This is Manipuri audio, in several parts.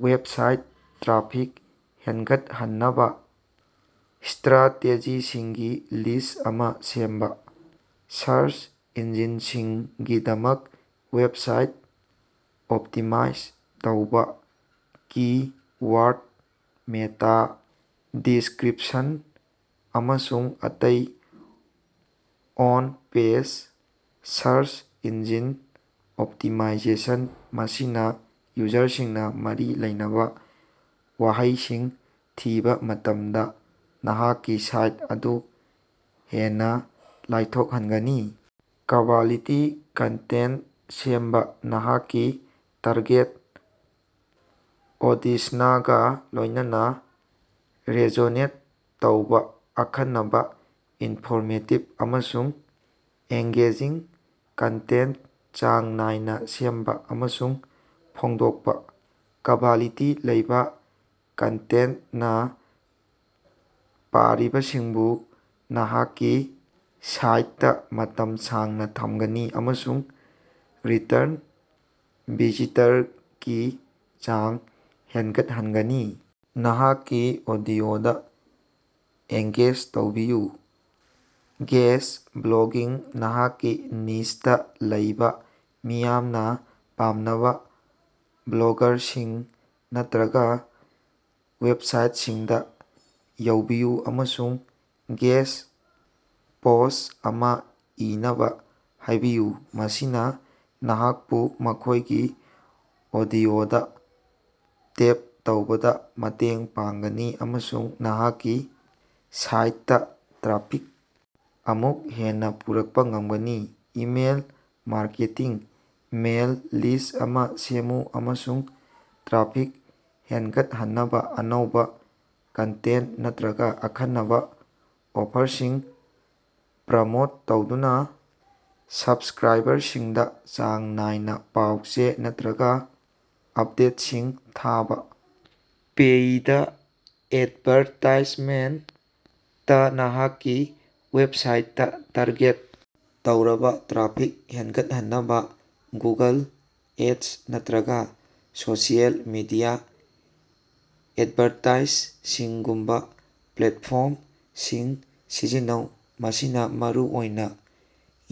ꯋꯦꯕꯁꯥꯏꯠ ꯇ꯭ꯔꯥꯐꯤꯛ ꯍꯦꯟꯒꯠꯍꯟꯅꯕꯥ ꯁ꯭ꯠꯔꯥꯇꯦꯖꯤꯁꯤꯡꯒꯤ ꯂꯤꯁ꯭ꯠ ꯑꯃꯥ ꯁꯦꯝꯕꯥ꯫ ꯁꯥꯔꯆ ꯏꯟꯖꯤꯟꯁꯤꯡꯒꯤꯗꯃꯛ ꯋꯦꯕꯁꯥꯏꯠ ꯑꯣꯞꯇꯤꯃꯥꯏꯖ ꯇꯧꯕ ꯀꯤ-ꯋꯥꯔꯗ, ꯃꯦꯇꯥ-ꯗꯤꯁ꯭ꯛꯔꯤꯄꯁꯟ, ꯑꯃꯁꯨꯡ ꯑꯇꯩ on page search engine optimization ꯃꯁꯤꯅꯥ ꯌꯨꯖꯔꯁꯤꯡꯅꯥ ꯃꯔꯤ ꯂꯩꯅꯕꯥ ꯋꯥꯍꯩꯁꯤꯡ ꯊꯤꯕꯥ ꯃꯇꯝꯗꯥ ꯅꯍꯥꯛꯀꯤ ꯁꯥꯏꯠ ꯑꯗꯨ ꯍꯦꯟꯅꯥ ꯂꯥꯏꯊꯣꯛꯍꯟꯒꯅꯤ꯫ ꯀ꯭ꯕꯥꯂꯤꯇꯤ ꯀꯟꯇꯦꯟꯇ ꯁꯦꯝꯕ ꯅꯍꯥꯛꯀꯤ ꯇꯥꯔꯒꯦꯠ ꯑꯣꯗꯤꯁꯅꯒꯥ ꯂꯣꯏꯅꯅꯥ ꯔꯦꯖꯣꯅꯦꯠ ꯇꯧꯕ ꯑꯈꯟꯅꯕꯥ, ꯏꯟꯐꯣꯔꯃꯦꯇꯤꯚ, ꯑꯃꯁꯨꯡ ꯑꯦꯉ꯭ꯒꯦꯖꯤꯡ ꯀꯟꯇꯦꯟꯇ ꯆꯥꯡ ꯅꯥꯏꯅꯥ ꯁꯦꯝꯕ ꯑꯃꯁꯨꯡ ꯐꯣꯡꯗꯣꯛꯄꯥ꯫ ꯀ꯭ꯕꯥꯂꯤꯇꯤ ꯂꯩꯕ ꯀꯟꯇꯦꯟꯇꯅꯥ ꯄꯥꯔꯤꯕꯁꯤꯡꯕꯨ ꯅꯍꯥꯛꯀꯤ ꯁꯥꯏꯇꯇꯥ ꯃꯇꯝ ꯁꯥꯡꯅꯥ ꯊꯝꯒꯅꯤ ꯑꯃꯁꯨꯡ ꯔꯤꯇꯔꯟ ꯚꯤꯖꯤꯇꯔꯀꯤ ꯆꯥꯡ ꯍꯦꯟꯒꯠꯍꯟꯒꯅꯤ꯫ ꯅꯍꯥꯛꯀꯤ ꯑꯣꯗꯤꯑꯣꯗꯥ ꯑꯦꯉ꯭ꯒꯦꯖ ꯇꯧꯕꯤꯌꯨ꯫ ꯒꯦꯁ꯭ꯠ ꯕ꯭ꯂꯣꯒꯤꯡ ꯅꯍꯥꯛꯀꯤ ꯅꯤꯆꯇꯥ ꯂꯩꯕꯥ ꯃꯤꯌꯥꯝꯅꯥ ꯄꯥꯝꯅꯕꯥ ꯕ꯭ꯂꯣꯒꯥꯔꯁꯤꯡ ꯅꯠꯇ꯭ꯔꯒꯥ ꯋꯦꯕꯁꯥꯏꯇꯁꯤꯡꯗꯥ ꯌꯧꯕꯤꯌꯨ ꯑꯃꯁꯨꯡ ꯒꯦꯁ꯭ꯠ ꯄꯣꯁ꯭ꯠ ꯑꯃꯥ ꯏꯅꯕꯥ ꯍꯥꯏꯕꯤꯌꯨ꯫ ꯃꯁꯤꯅꯥ ꯅꯍꯥꯛꯄꯨ ꯃꯈꯣꯏꯒꯤ ꯑꯣꯗꯤꯑꯣꯗꯥ ꯇꯦꯞ ꯇꯧꯕꯗꯥ ꯃꯇꯦꯡ ꯄꯥꯡꯒꯅꯤ ꯑꯃꯁꯨꯡ ꯅꯍꯥꯛꯀꯤ ꯁꯥꯏꯇꯇꯥ ꯇ꯭ꯔꯥꯐꯤꯛ ꯑꯃꯨꯛ ꯍꯦꯟꯅꯥ ꯄꯨꯔꯛꯄꯥ ꯉꯝꯒꯅꯤ꯫ ꯏꯃꯦꯜ ꯃꯥꯔꯀꯦꯇꯤꯡ ꯃꯦꯜ ꯂꯤꯁ꯭ꯠ ꯑꯃꯥ ꯁꯦꯝꯃꯨ ꯑꯃꯁꯨꯡ ꯇ꯭ꯔꯥꯐꯤꯛ ꯍꯦꯟꯒꯠꯍꯟꯅꯕꯥ ꯑꯅꯧꯕꯥ ꯀꯟꯇꯦꯟꯇ ꯅꯠꯇ꯭ꯔꯒꯥ ꯑꯈꯟꯅꯕꯥ ꯑꯣꯐꯔꯁꯤꯡ ꯄ꯭ꯔꯃꯣꯠ ꯇꯧꯗꯨꯅꯥ ꯁꯕꯁ꯭ꯛꯔꯥꯏꯕꯔꯁꯤꯡꯗꯥ ꯆꯥꯡ ꯅꯥꯏꯅꯥ ꯄꯥꯎ ꯆꯦ ꯅꯠꯇ꯭ꯔꯒꯥ ꯑꯞꯗꯦꯠꯁꯤꯡ ꯊꯥꯕꯥ꯫ ꯄꯦꯏꯗ ꯑꯦꯗꯚꯥꯔꯇꯥꯏꯖꯃꯦꯟꯇ ꯅꯍꯥꯛꯀꯤ ꯋꯦꯕꯁꯥꯏꯇꯇꯥ ꯇꯥꯔꯒꯦꯠ ꯇꯧꯔꯕꯥ ꯇ꯭ꯔꯥꯐꯤꯛ ꯍꯦꯟꯒꯠꯍꯟꯅꯕꯥ ꯒꯨꯒꯜ ꯑꯦꯗꯁ ꯅꯠꯇ꯭ꯔꯒꯥ ꯁꯣꯁꯤꯑꯦꯜ ꯃꯤꯗꯤꯌꯥ ꯑꯦꯗꯚꯥꯔꯇꯥꯏꯁꯤꯡꯒꯨꯝꯕꯥ ꯄ꯭ꯂꯦꯇꯐꯣꯔꯝꯁꯤꯡ ꯁꯤꯖꯤꯟꯅꯧ꯫ ꯃꯁꯤꯅꯥ ꯃꯔꯨꯑꯣꯏꯅꯥ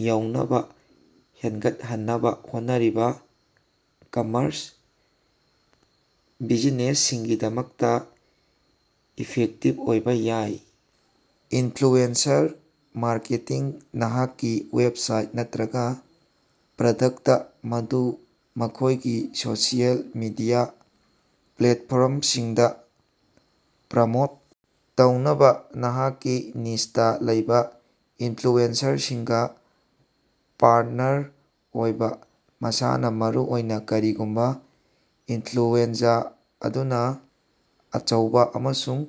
ꯌꯧꯅꯕꯥ ꯍꯦꯟꯒꯠꯍꯟꯅꯕꯥ ꯍꯣꯠꯅꯔꯤꯕꯥ ꯀꯝꯃꯔꯁ ꯕꯤꯖꯤꯅꯦꯁꯁꯤꯡꯒꯤꯗꯃꯛꯇꯥ ꯏꯐꯦꯛꯇꯤꯚ ꯑꯣꯏꯕ ꯌꯥꯏ꯫ ꯏꯟꯐ꯭ꯂꯨꯑꯦꯟꯁꯔ ꯃꯥꯔꯀꯦꯇꯤꯡ ꯅꯍꯥꯛꯀꯤ ꯋꯦꯕꯁꯥꯏꯠ ꯅꯠꯇ꯭ꯔꯒꯥ ꯄ꯭ꯔꯗꯛꯇ ꯑꯗꯨ ꯃꯈꯣꯏꯒꯤ ꯁꯣꯁꯤꯑꯦꯜ ꯃꯤꯗꯤꯌꯥ ꯄ꯭ꯂꯦꯠꯐꯣꯔꯝꯁꯤꯡꯗꯥ ꯄ꯭ꯔꯃꯣꯠ ꯇꯧꯅꯕꯥ ꯅꯍꯥꯛꯀꯤ ꯅꯤꯆꯇꯥ ꯂꯩꯕꯥ ꯏꯟꯐ꯭ꯂꯨꯑꯦꯟꯁꯔꯁꯤꯡꯒꯥ ꯄꯥꯔꯇꯅꯔ ꯑꯣꯏꯕ꯫ ꯃꯁꯥꯅꯥ ꯃꯔꯨꯑꯣꯏꯅꯥ ꯀꯔꯤꯒꯨꯝꯕꯥ ꯏꯟꯐ꯭ꯂꯨꯑꯦꯟꯖꯥ ꯑꯗꯨꯅꯥ ꯑꯆꯧꯕꯥ ꯑꯃꯁꯨꯡ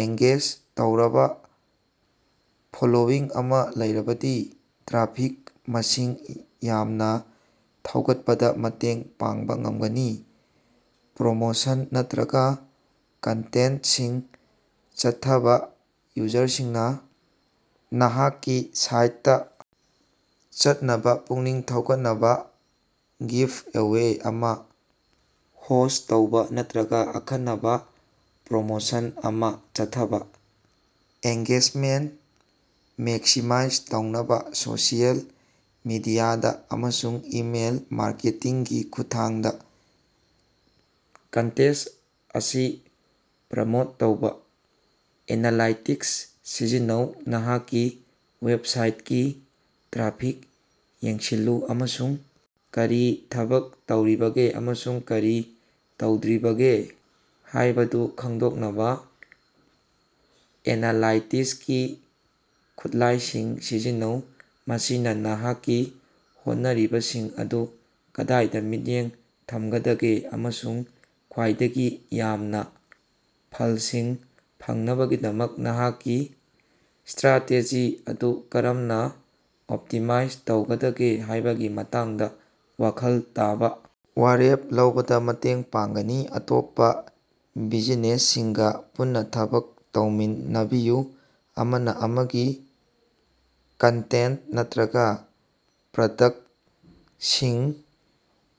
ꯑꯦꯉ꯭ꯒꯦꯖ ꯇꯧꯔꯕꯥ ꯐꯣꯂꯣꯋꯤꯡ ꯑꯃꯥ ꯂꯩꯔꯕꯗꯤ ꯇ꯭ꯔꯥꯐꯤꯛ ꯃꯁꯤꯡ ꯌꯥꯝꯅꯥ ꯊꯧꯒꯠꯄꯗꯥ ꯃꯇꯦꯡ ꯄꯥꯡꯕꯥ ꯉꯝꯒꯅꯤ꯫ ꯄ꯭ꯔꯣꯃꯣꯁꯟ ꯅꯠꯇ꯭ꯔꯒꯥ ꯀꯟꯇꯦꯁ꯭ꯇꯁꯤꯡ ꯆꯠꯊꯕꯥ ꯌꯨꯖꯔꯁꯤꯡꯅꯥ ꯅꯍꯥꯛꯀꯤ ꯁꯥꯏꯠꯇꯥ ꯆꯠꯅꯕꯥ ꯄꯨꯛꯅꯤꯡ ꯊꯧꯒꯠꯅꯕꯥ ꯒꯤꯐ ꯑꯦꯋꯦ ꯑꯃꯥ ꯍꯣꯁ꯭ꯠ ꯇꯧꯕ ꯅꯠꯇ꯭ꯔꯒꯥ ꯑꯈꯟꯅꯕꯥ ꯄ꯭ꯔꯣꯃꯣꯁꯟ ꯑꯃꯥ ꯆꯠꯊꯕꯥ꯫ ꯑꯦꯉ꯭ꯒꯦꯖꯃꯦꯟꯠ ꯃꯦꯛꯁꯤꯃꯥꯏꯖ ꯇꯧꯅꯕꯥ ꯁꯣꯁꯤꯑꯦꯜ ꯃꯤꯗꯤꯌꯥꯗꯥ ꯑꯃꯁꯨꯡ ꯏꯃꯦꯜ ꯃꯥꯔꯀꯦꯇꯤꯡꯒꯤ ꯈꯨꯠꯊꯥꯡꯗꯥ ꯀꯟꯇꯦꯁ꯭ꯠ ꯑꯁꯤ ꯄ꯭ꯔꯃꯣꯠ ꯇꯧꯕꯥ꯫ ꯑꯦꯅꯥꯂꯥꯏꯇꯤꯛꯁ ꯁꯤꯖꯤꯟꯅꯧ ꯅꯍꯥꯛꯀꯤ ꯋꯦꯕꯁꯥꯏꯇꯀꯤ ꯇ꯭ꯔꯥꯐꯤꯛ ꯌꯦꯡꯁꯤꯜꯂꯨ ꯑꯃꯁꯨꯡ ꯀꯔꯤ ꯊꯕꯛ ꯇꯧꯔꯤꯕꯒꯦ ꯑꯃꯁꯨꯡ ꯀꯔꯤ ꯇꯧꯗ꯭ꯔꯤꯕꯒꯦ ꯍꯥꯏꯕꯗꯨ ꯈꯪꯗꯣꯛꯅꯕꯥ ꯑꯦꯅꯥꯂꯥꯏꯇꯤꯛꯁꯀꯤ ꯈꯨꯠꯂꯥꯏꯁꯤꯡ ꯁꯤꯖꯤꯟꯅꯧ꯫ ꯃꯁꯤꯅꯥ ꯅꯍꯥꯛꯀꯤ ꯍꯣꯠꯅꯔꯤꯕꯁꯤꯡ ꯑꯗꯨ ꯀꯗꯥꯏꯗꯥ ꯃꯤꯠꯌꯦꯡ ꯊꯝꯒꯗꯒꯦ ꯑꯃꯁꯨꯡ ꯈ꯭ꯋꯥꯏꯗꯒꯤ ꯌꯥꯝꯅꯥ ꯐꯂꯁꯤꯡ ꯐꯪꯅꯕꯒꯤꯗꯃꯛ ꯅꯍꯥꯛꯀꯤ ꯁ꯭ꯠꯔꯥꯇꯦꯖꯤ ꯑꯗꯨ ꯀꯔꯝꯅꯥ ꯑꯣꯞꯇꯤꯃꯥꯏꯖ ꯇꯧꯒꯗꯒꯦ ꯍꯥꯏꯕꯒꯤ ꯃꯇꯥꯡꯗꯥ ꯋꯥꯈꯜ ꯇꯥꯕ ꯋꯥꯔꯦꯞ ꯂꯧꯕꯗꯥ ꯃꯇꯦꯡ ꯄꯥꯡꯒꯅꯤ꯫ ꯑꯇꯣꯞꯄꯥ ꯕꯤꯖꯤꯅꯦꯁꯁꯤꯡꯒꯥ ꯄꯨꯟꯅꯥ ꯊꯕꯛ ꯇꯧꯃꯤꯟꯅꯕꯤꯌꯨ ꯑꯃꯅꯥ ꯑꯃꯒꯤ ꯀꯟꯇꯦꯟꯇ ꯅꯠꯇ꯭ꯔꯒꯥ ꯄ꯭ꯔꯗꯛꯇꯁꯤꯡ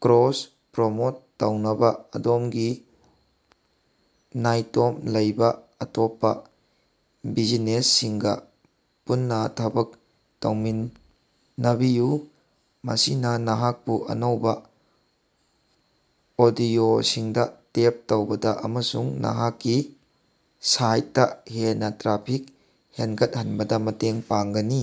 ꯀ꯭ꯔꯣꯁ ꯄ꯭ꯔꯣꯃꯣꯠ ꯇꯧꯅꯕꯥ ꯑꯗꯣꯝꯒꯤ ꯅꯥꯏꯇꯣꯝ ꯂꯩꯕ ꯑꯇꯣꯞꯄꯥ ꯕꯤꯖꯤꯅꯦꯁꯁꯤꯡꯒꯥ ꯄꯨꯟꯅꯥ ꯊꯕꯛ ꯇꯧꯃꯤꯟꯅꯕꯤꯌꯨ꯫ ꯃꯁꯤꯅꯥ ꯅꯍꯥꯛꯄꯨ ꯑꯅꯧꯕꯥ ꯑꯣꯗꯤꯑꯣꯁꯤꯡꯗꯥ ꯇꯦꯞ ꯇꯧꯕꯗꯥ ꯑꯃꯁꯨꯡ ꯅꯍꯥꯛꯀꯤ ꯁꯥꯏꯇꯇꯥ ꯍꯦꯟꯅꯥ ꯇ꯭ꯔꯥꯐꯤꯛ ꯍꯦꯟꯒꯠꯍꯟꯕꯗꯥ ꯃꯇꯦꯡ ꯄꯥꯡꯒꯅꯤ꯫